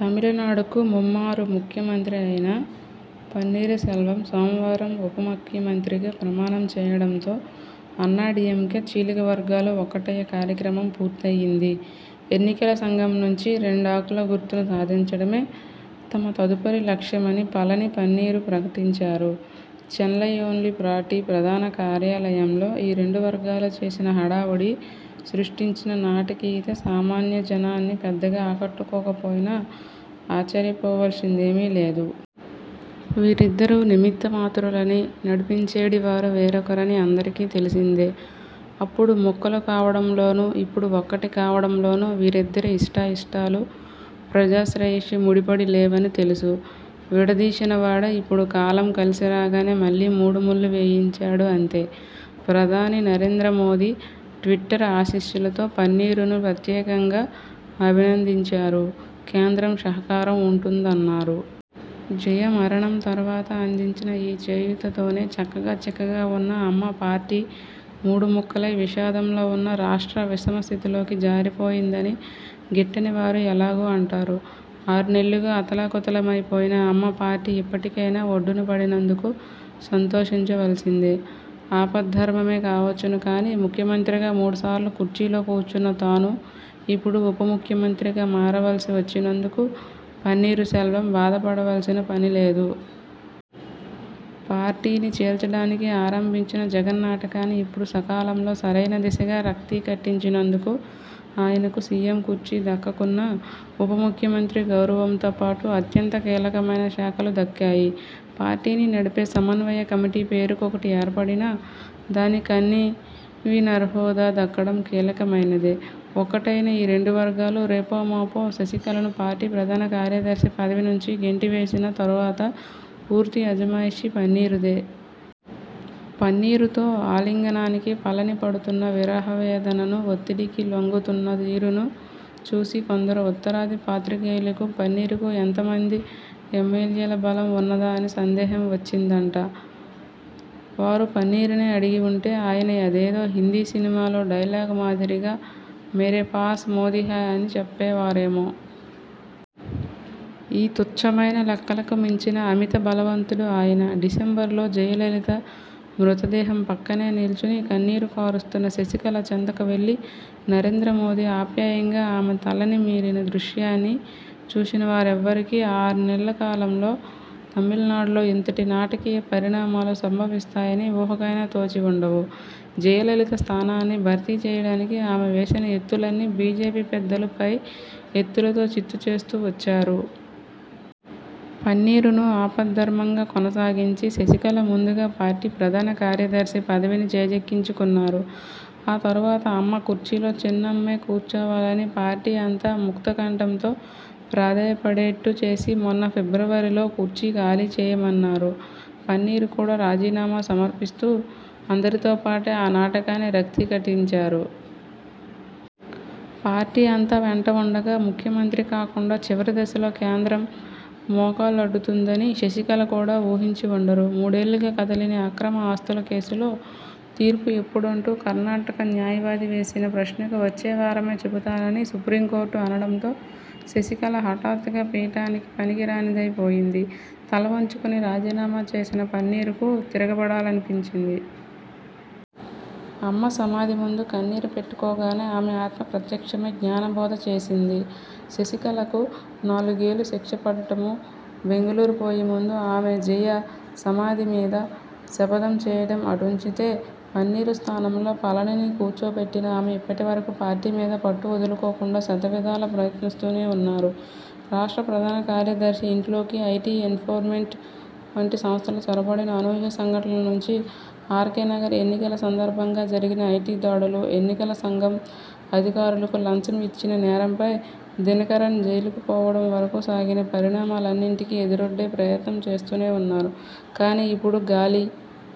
తమిళనాడుకు ముమ్మారు ముఖ్యమంత్రి అయిన పన్నీరుసెల్వం సోమవారం ఉపముఖ్యమంత్రిగా ప్రమాణం చేయడంతో అన్నాడీఎంకే చీలికవర్గాలు ఒక్కటయ్యే కార్యక్రమం పూర్తయింది. ఎన్నికల సంఘం నుంచి రెండాకుల గుర్తును సాధించడమే తమ తదుపరి లక్ష్యమని పళని, పన్నీరు ప్రకటించారు. చెన్నయ్లోని పార్టీ ప్రధాన కార్యాలయంలో ఈ రెండు వర్గాలు చేసిన హడావుడి, సృష్టించిన నాటకీయత సామాన్యజనాన్ని పెద్దగా ఆకట్టుకోకపోయినా ఆశ్చర్యపోవాల్సిందేమీ లేదు. వీరిద్దరూ నిమిత్తమాత్రులనీ, నడిపించెడివారు వేరొకరని అందరికీ తెలిసిందే. అప్పుడు ముక్కలు కావడంలోనూ, ఇప్పుడు ఒక్కటి కావడంలోనూ వీరిద్దరి ఇష్టాయిష్టాలు, ప్రజాశ్రేయస్సు ముడిపడిలేవనీ తెలుసు. విడదీసినవాడే ఇప్పుడు కాలం కలిసిరాగానే మళ్ళీ మూడుముళ్ళు వేయించాడు అంతే. ప్రధాని నరేంద్రమోదీ ట్విట్టర్ ఆశీస్సులతో పన్నీరును ప్రత్యేకంగా అభినందించారు. కేంద్రం సహకారం ఉంటుందన్నారు. జయ మరణం తరువాత అందించిన ఈ చేయూతతోనే చక్కగా చిక్కగా ఉన్న అమ్మ పార్టీ మూడు ముక్కలై, విషాదంలో ఉన్న రాష్ట్రం విషమ స్థితిలోకి జారిపోయిందని గిట్టనివారు ఎలాగూ అంటారు. ఆర్నెల్లుగా అతలాకుతలమైపోయిన అమ్మపార్టీ ఇప్పటికైనా ఒడ్డునపడినందుకు సంతోషించవలసిందే. ఆపద్ధర్మమే కావచ్చును కానీ, ముఖ్యమంత్రిగా మూడుసార్లు కుర్చీలో కూర్చున్న తాను ఇప్పుడు ఉపముఖ్యమంత్రిగా మారవలసి వచ్చినందుకు పన్నీరుసెల్వం బాధపడవలసిన పనిలేదు. పార్టీని చీల్చడానికి ఆరంభించిన జగన్నాటకాన్ని ఇప్పుడు సకాలంలో సరైనదిశగా రక్తికట్టించినందుకు ఆయనకు సీఎం కుర్చీ దక్కకున్నా, ఉపముఖ్యమంత్రి గౌరవంతోపాటు, అత్యంత కీలకమైన శాఖలు దక్కాయి. పార్టీని నడిపే సమన్వయ కమిటీ పేరుకొకటి ఏర్పడినా, దాని కన్వీనర్హోదా దక్కడం కీలకమైనదే. ఒక్కటైన ఈ రెండువర్గాలు రేపోమాపో శశికళను పార్టీ ప్రధాన కార్యదర్శి పదవి నుంచి గెంటివేసిన తరువాత పూర్తి అజమాయిషీ పన్నీరుదే. పన్నీరుతో ఆలింగనానికి పళని పడుతున్న విరహవేదననూ, ఒత్తిడికి లొంగుతున్న తీరునూ చూసి కొందరు ఉత్తరాది పాత్రికేయులకు పన్నీరుకు ఎంతమంది ఎమ్మెల్యేల బలం ఉన్నదా అని సందేహం వచ్చిందట. వారు పన్నీరునే అడిగివుంటే ఆయన అదేదో హిందీ సినిమాలో డైలాగ్ మాదిరిగా 'మేరే పాస్ మోదీ హై' అని చెప్పేవారేమో! ఈ తుచ్ఛమైన లెక్కలకు మించిన అమిత బలవంతుడు ఆయన. డిసెంబరులో జయలలిత మృతదేహం పక్కనే నిల్చుని కన్నీరు కారుస్తున్న శశికళ చెంతకు వెళ్ళి నరేంద్రమోదీ ఆప్యాయంగా ఆమె తలనిమిరిన దృశ్యాన్ని చూసినవారెవ్వరికీ ఈ ఆర్నెల్లకాలంలో తమిళనాడులో ఇంతటి నాటకీయ పరిణామాలు సంభవిస్తాయని ఊహకైనా తోచివుండవు. జయలలిత స్థానాన్ని భర్తీచేయడానికి ఆమె వేసిన ఎత్తులన్నీ బీజేపీ పెద్దలు పై ఎత్తులతో చిత్తుచేస్తూ వచ్చారు. పన్నీరును ఆపద్ధర్మంగా కొనసాగించి, శశికళ ముందుగా పార్టీ ప్రధాన కార్యదర్శి పదవిని చేజిక్కించుకున్నారు. ఆ తరువాత అమ్మ కుర్చీలో చిన్నమ్మే కూర్చోవాలని పార్టీ అంతా ముక్తకంఠంతో ప్రాథేయపడేట్టు చేసి మొన్న ఫిబ్రవరిలో కుర్చీ ఖాళీచేయమన్నారు. పన్నీరు కూడా రాజీనామా సమర్పిస్తూ అందరితోపాటే ఆ నాటకాన్ని రక్తికట్టించారు. పార్టీ అంతా వెంట ఉండగా ముఖ్యమంత్రి కాకుండా చివరిదశలో కేంద్రం మోకాలడ్డుతుందని శశికళ కూడా ఊహించి వుండరు. మూడేళ్ళుగా కదలని అక్రమ ఆస్తుల కేసులో తీర్పు ఎప్పుడంటూ కర్ణాటక న్యాయవాది వేసిన ప్రశ్నకు వచ్చేవారమే చెబుతానని సుప్రీంకోర్టు అనడంతో శశికళ హఠాత్తుగా పీఠానికి పనికిరానిదైపోయింది. తలవంచుకొని రాజీనామా చేసిన పన్నీరుకు తిరగబడాలనిపించింది. అమ్మసమాధిముందు కన్నీరు పెట్టుకోగానే ఆమె ఆత్మ ప్రత్యక్షమై జ్ఞానబోధ చేసింది. శశికళకు నాలుగేళ్ళ శిక్షపడటమూ, బెంగుళూరు పోయేముందు ఆమె జయ సమాధిమీద శపథం చేయడం అటుంచితే, పన్నీరు స్థానంలో పళనిని కూర్చోబెట్టిన ఆమె ఇప్పటివరకూ పార్టీమీద పట్టువదులుకోకుండా శతవిధాల ప్రయత్నిస్తూనే ఉన్నారు. రాష్ట్ర ప్రధానకార్యదర్శి ఇంట్లోకి ఐటీ, ఎన్ఫోర్స్మెంట్ వంటి సంస్థలు చొరబడిన అనూహ్య సంఘటనల నుంచి, ఆర్కేనగర్ ఎన్నికల సందర్భంగా జరిగిన ఐటీదాడులు, ఎన్నికల సంఘం అధికారులకు లంచం ఇచ్చిన నేరంపై దినకరన్ జైలుకు పోవడంవరకూ సాగిన పరిణామాలన్నింటికీ ఎదురొడ్డే ప్రయత్నం చేస్తూనేఉన్నారు. కానీ, ఇప్పుడు గాలి